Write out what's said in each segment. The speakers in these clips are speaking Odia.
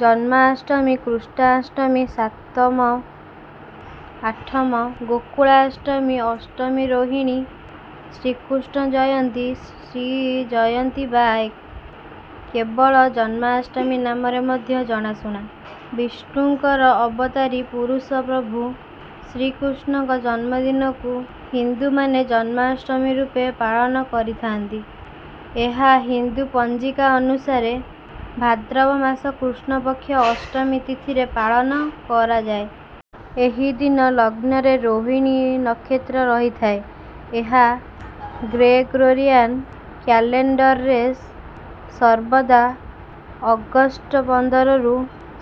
ଜନ୍ମାଷ୍ଟମୀ, କୃଷ୍ଣାଷ୍ଟମୀ, ସାତମ୍ ଆଠମ୍, ଗୋକୁଳାଷ୍ଟମୀ, ଅଷ୍ଟମୀ ରୋହିଣୀ, ଶ୍ରୀକୃଷ୍ଣ ଜୟନ୍ତୀ, ଶ୍ରୀ ଜୟନ୍ତୀ ବା କେବଳ ଜନ୍ମାଷ୍ଟମୀ ନାମରେ ମଧ୍ୟ ଜଣାଶୁଣା। ବିଷ୍ଣୁଙ୍କର ଅବତାରୀ ପୁରୁଷ ପ୍ରଭୁ ଶ୍ରୀକୃଷ୍ଣଙ୍କ ଜନ୍ମଦିନକୁ ହିନ୍ଦୁମାନେ ଜନ୍ମାଷ୍ଟମୀ ରୂପେ ପାଳନ କରିଥାନ୍ତି। ଏହା ହିନ୍ଦୁ ପଞ୍ଜିକା ଅନୁସାରେ ଭାଦ୍ରବ ମାସ କୃଷ୍ଣ ପକ୍ଷ ଅଷ୍ଟମୀ ତିଥିରେ ପାଳନ କରାଯାଏ। ଏଇ ଦିନ ଲଗ୍ନରେ ରୋହିଣୀ ନକ୍ଷତ୍ର ରହିଥାନ୍ତି। ଏହା ଗ୍ରେଗୋରିଆନ୍ କ୍ୟାଲେଣ୍ଡରରେ ସର୍ବଦା ଅଗଷ୍ଟ ପନ୍ଦରରୁ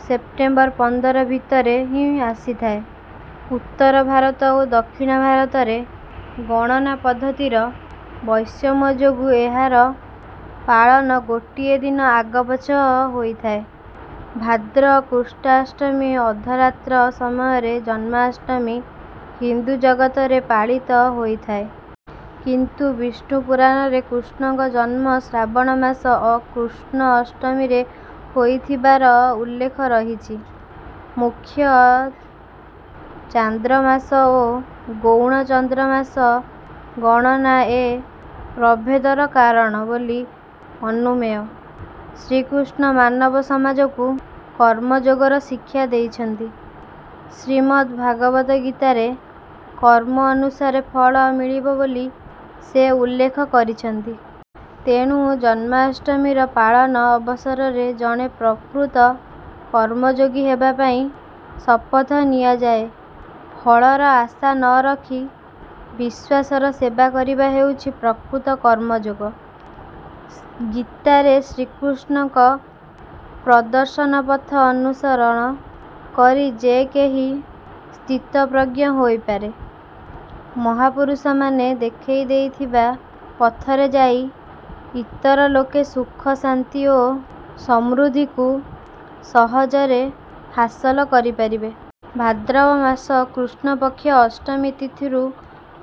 ସେପ୍ଟେମ୍ବର ପନ୍ଦର ଭିତରେ ହିଁ ଆସିଥାଏ। ଉତ୍ତର ଭାରତ ଓ ଦକ୍ଷିଣ ଭାରତରେ ଗଣନା ପଦ୍ଧତିର ବୈଷମ୍ୟ ଯୋଗୁଁ ଏହାର ପାଳନ ଗୋଟିଏ ଦିନ ଆଗପଛ ହୋଇଥାଏ। ଭାଦ୍ର କୃଷ୍ଣାଷ୍ଟମୀ ଅର୍ଦ୍ଧରାତ୍ର ସମୟରେ ଜନ୍ମାଷ୍ଟମୀ ହିନ୍ଦୁ ଜଗତରେ ପାଳିତ ହୋଇଥାଏ। କିନ୍ତୁ ବିଷ୍ଣୁ ପୁରାଣରେ କୃଷ୍ଣଙ୍କ ଜନ୍ମ ଶ୍ରାବଣ ମାସ ଅ କୃଷ୍ଣ ଅଷ୍ଟମୀରେ ହୋଇଥିବାର ଉଲ୍ଲେଖ ରହିଛି। ମୁଖ୍ୟ ଚାନ୍ଦ୍ରମାସ ଓ ଗୌଣ ଚାନ୍ଦ୍ରମାସ ଗଣନା ଏ ପ୍ରଭେଦର କାରଣ ବୋଲି ଅନୁମେୟ। ଶ୍ରୀକୃଷ୍ଣ ମାନବ ସମାଜକୁ କର୍ମଯୋଗର ଶିକ୍ଷା ଦେଇଛନ୍ତି। ଶ୍ରୀମଦ୍‌ଭଗବଦ୍‌ଗୀତାରେ କର୍ମ ଅନୁସାରେ ଫଳ ମିଳିବ ବୋଲି ସେ ଉଲ୍ଲେଖ କରିଛନ୍ତି। ତେଣୁ ଜନ୍ମାଷ୍ଟମୀର ପାଳନ ଅବସରରେ ଜଣେ ପ୍ରକୃତ କର୍ମଯୋଗୀ ହେବା ପାଇଁ ଶପଥ ନିଆଯାଏ। ଫଳର ଆଶା ନ ରଖି ବିଶ୍ୱାସର ସେବା କରିବା ହେଉଛି ପ୍ରକୃତ କର୍ମଯୋଗ। ଗୀତାରେ ଶ୍ରୀକୃଷ୍ଣଙ୍କ ପ୍ରଦର୍ଶନ ପଥ ଅନୁସରଣ କରି ଯେ କେହି ସ୍ଥିତପ୍ରଜ୍ଞ ହୋଇପାରେ। ମହାପୁରୁଷମାନେ ଦେଖାଇଦେଇଥିବା ପଥରେ ଯାଇ ଇତର ଲୋକେ ସୁଖ, ଶାନ୍ତି ଓ ସମୃଦ୍ଧିକୁ ସହଜରେ ହାସଲ କରିପାରିବେ। ଭାଦ୍ରବ ମାସ କୃଷ୍ଣପକ୍ଷ ଅଷ୍ଟମୀ ତିଥିରୁ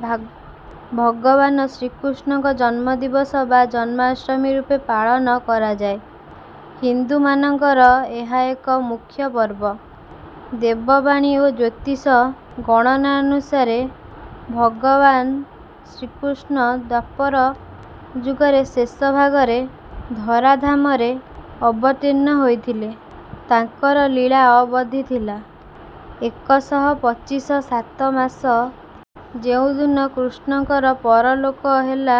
ଭାଗ ଭଗବାନ ଶ୍ରୀକୃଷ୍ଣଙ୍କ ଜନ୍ମଦିବସ ବା ଜନ୍ମାଷ୍ଟମୀ ରୂପେ ପାଳନ କରାଯାଏ। ହିନ୍ଦୁମାନଙ୍କର ଏହା ଏକ ମୁଖ୍ୟ ପର୍ବ। ଦେବବାଣୀ ଓ ଜ୍ୟୋତିଷ ଗଣନାନୁସାରେ ଭଗବାନ ଶ୍ରୀକୃଷ୍ଣ ଦ୍ୱାପର ଯୁଗରେ ଶେଷ ଭାଗରେ ଧରାଧାମରେ ଅବତୀର୍ଣ୍ଣ ହୋଇଥିଲେ। ତାଙ୍କର ଲୀଳା ଅବଧି ଥିଲା ଏକଶହ ପଚିଶ ସାତ ମାସ। ଯେଉଁ ଦିନ କୃଷ୍ଣଙ୍କର ପରଲୋକ ହେଲା,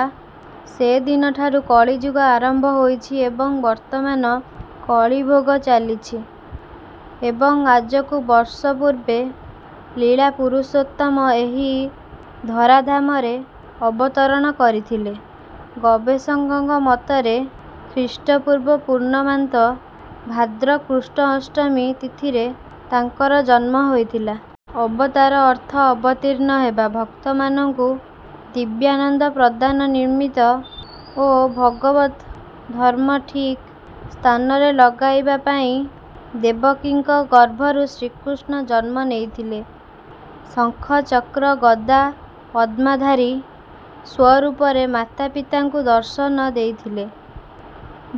ସେଦିନଠାରୁ କଳିଯୁଗ ଆରମ୍ଭ ହୋଇଛି ଏବଂ ବର୍ତ୍ତମାନ କଳିଭୋଗାବ୍ଦ ଚାଲିଛି। ତେଣୁ ଆଜକୁ ବର୍ଷ ପୂର୍ବେ ଲୀଳା ପୁରୁଷୋତ୍ତମ ଏହି ଧରାଧାମରେ ଅବତରଣ କରିଥିଲେ। ଗବେଷକଙ୍କ ମତରେ ଖ୍ରୀଷ୍ଟପୂର୍ବ ପୂର୍ଣ୍ଣମାନ୍ତ ଭାଦ୍ର କୃଷ୍ଣ ଅଷ୍ଟମୀ ତିଥିରେ ତାଙ୍କର ଜନ୍ମ ହୋଇଥିଲା। ଅବତାର ଅର୍ଥ ଅବତୀର୍ଣ୍ଣ ହେବା। ଭକ୍ତମାନଙ୍କୁ ଦିବ୍ୟାନନ୍ଦ ପ୍ରଦାନ ନିମିତ୍ତ ଓ ଭଗବତ୍ ଧର୍ମ ଠିକ୍ ସ୍ଥାନରେ ଲଗାଇବା ପାଇଁ ଦେବକୀଙ୍କ ଗର୍ଭରୁ ଶ୍ରୀକୃଷ୍ଣ ଜନ୍ମ ନେଇଥିଲେ। ଶଙ୍ଖ, ଚକ୍ର, ଗଦା, ପଦ୍ମଧାରୀ ସ୍ୱରୂପରେ ମାତାପିତାଙ୍କୁ ଦର୍ଶନ ଦେଇଥିଲେ।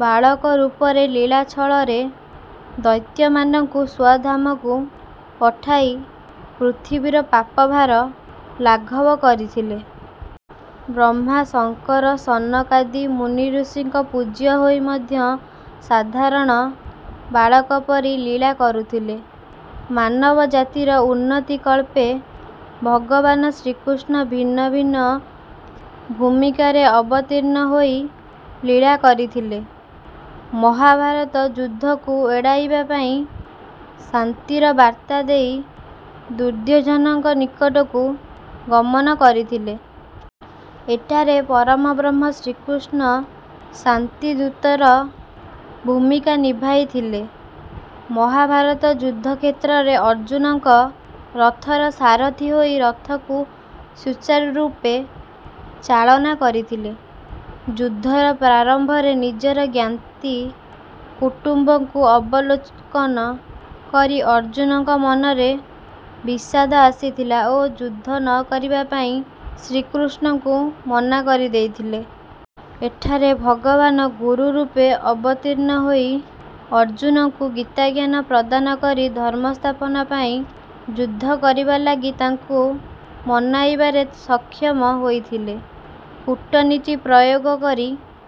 ବାଳକ ରୂପରେ ଲୀଳା ଛଳରେ ଦୈତ୍ୟମାନଙ୍କୁ ସ୍ୱଧାମକୁ ପଠାଇ ପୃଥିବୀର ପାପ ଭାର ଲାଘବ କରିଥିଲେ। ବ୍ରହ୍ମା, ଶଙ୍କର, ସନକାଦି ମୁନିଋଷିଙ୍କର ପୂଜ୍ୟ ହୋଇ ମଧ୍ୟ ସାଧାରଣ ବାଳକ ପରି ଲୀଳା କରୁଥିଲେ। ମାନବ ଜାତିର ଉନ୍ନତିକଳ୍ପେ ଭଗବାନ ଶ୍ରୀକୃଷ୍ଣ ଭିନ୍ନ ଭିନ୍ନ ଭୂମିକାରେ ଅବତୀର୍ଣ୍ଣ ହୋଇ ଲୀଳା କରିଥିଲେ। ମହାଭାରତ ଯୁଦ୍ଧକୁ ଏଡ଼ାଇବା ପାଇଁ ଶାନ୍ତିର ବାର୍ତ୍ତା ଦେଇ ଦୁର୍ଯ୍ୟୋଧନଙ୍କ ନିକଟକୁ ଗମନ କରିଥିଲେ। ଏଠାରେ ପରମବ୍ରହ୍ମ ଶ୍ରୀକୃଷ୍ଣ ଶାନ୍ତିଦୂତର ଭୂମିକା ନିଭାଇଥିଲେ। ମହାଭାରତ ଯୁଦ୍ଧକ୍ଷେତ୍ରରେ ଅର୍ଜୁନଙ୍କ ରଥର ସାରଥି ହୋଇ ରଥକୁ ସୁଚାରୁ ରୂପେ ଚାଳନା କରିଥିଲେ। ଯୁଦ୍ଧର ପ୍ରାରମ୍ଭରେ ନିଜର ଜ୍ଞାତି କୁଟୁମ୍ବଙ୍କୁ ଅବଲୋଚଲୋକନ କରି ଅର୍ଜୁନଙ୍କ ମନରେ ବିଷାଦ ଆସିଥିଲା ଓ ଯୁଦ୍ଧ ନକରିବା ପାଇଁ ଶ୍ରୀକୃଷ୍ଣଙ୍କୁ ମନା କରିଦେଇଥିଲେ। ଏଠାରେ ଭଗବାନ ଗୁରୁ ରୂପରେ ଅବତୀର୍ଣ୍ଣ ହୋଇ ଅର୍ଜୁନଙ୍କୁ ଗୀତାଜ୍ଞାନ ପ୍ରଦାନ କରି ଧର୍ମସ୍ଥାପନା ପାଇଁ ଯୁଦ୍ଧ କରିବା ଲାଗି ତାଙ୍କୁ ମନାଇବାରେ ସକ୍ଷମ ହୋଇଥିଲେ। କୂଟନୀତି ପ୍ରୟୋଗ କରି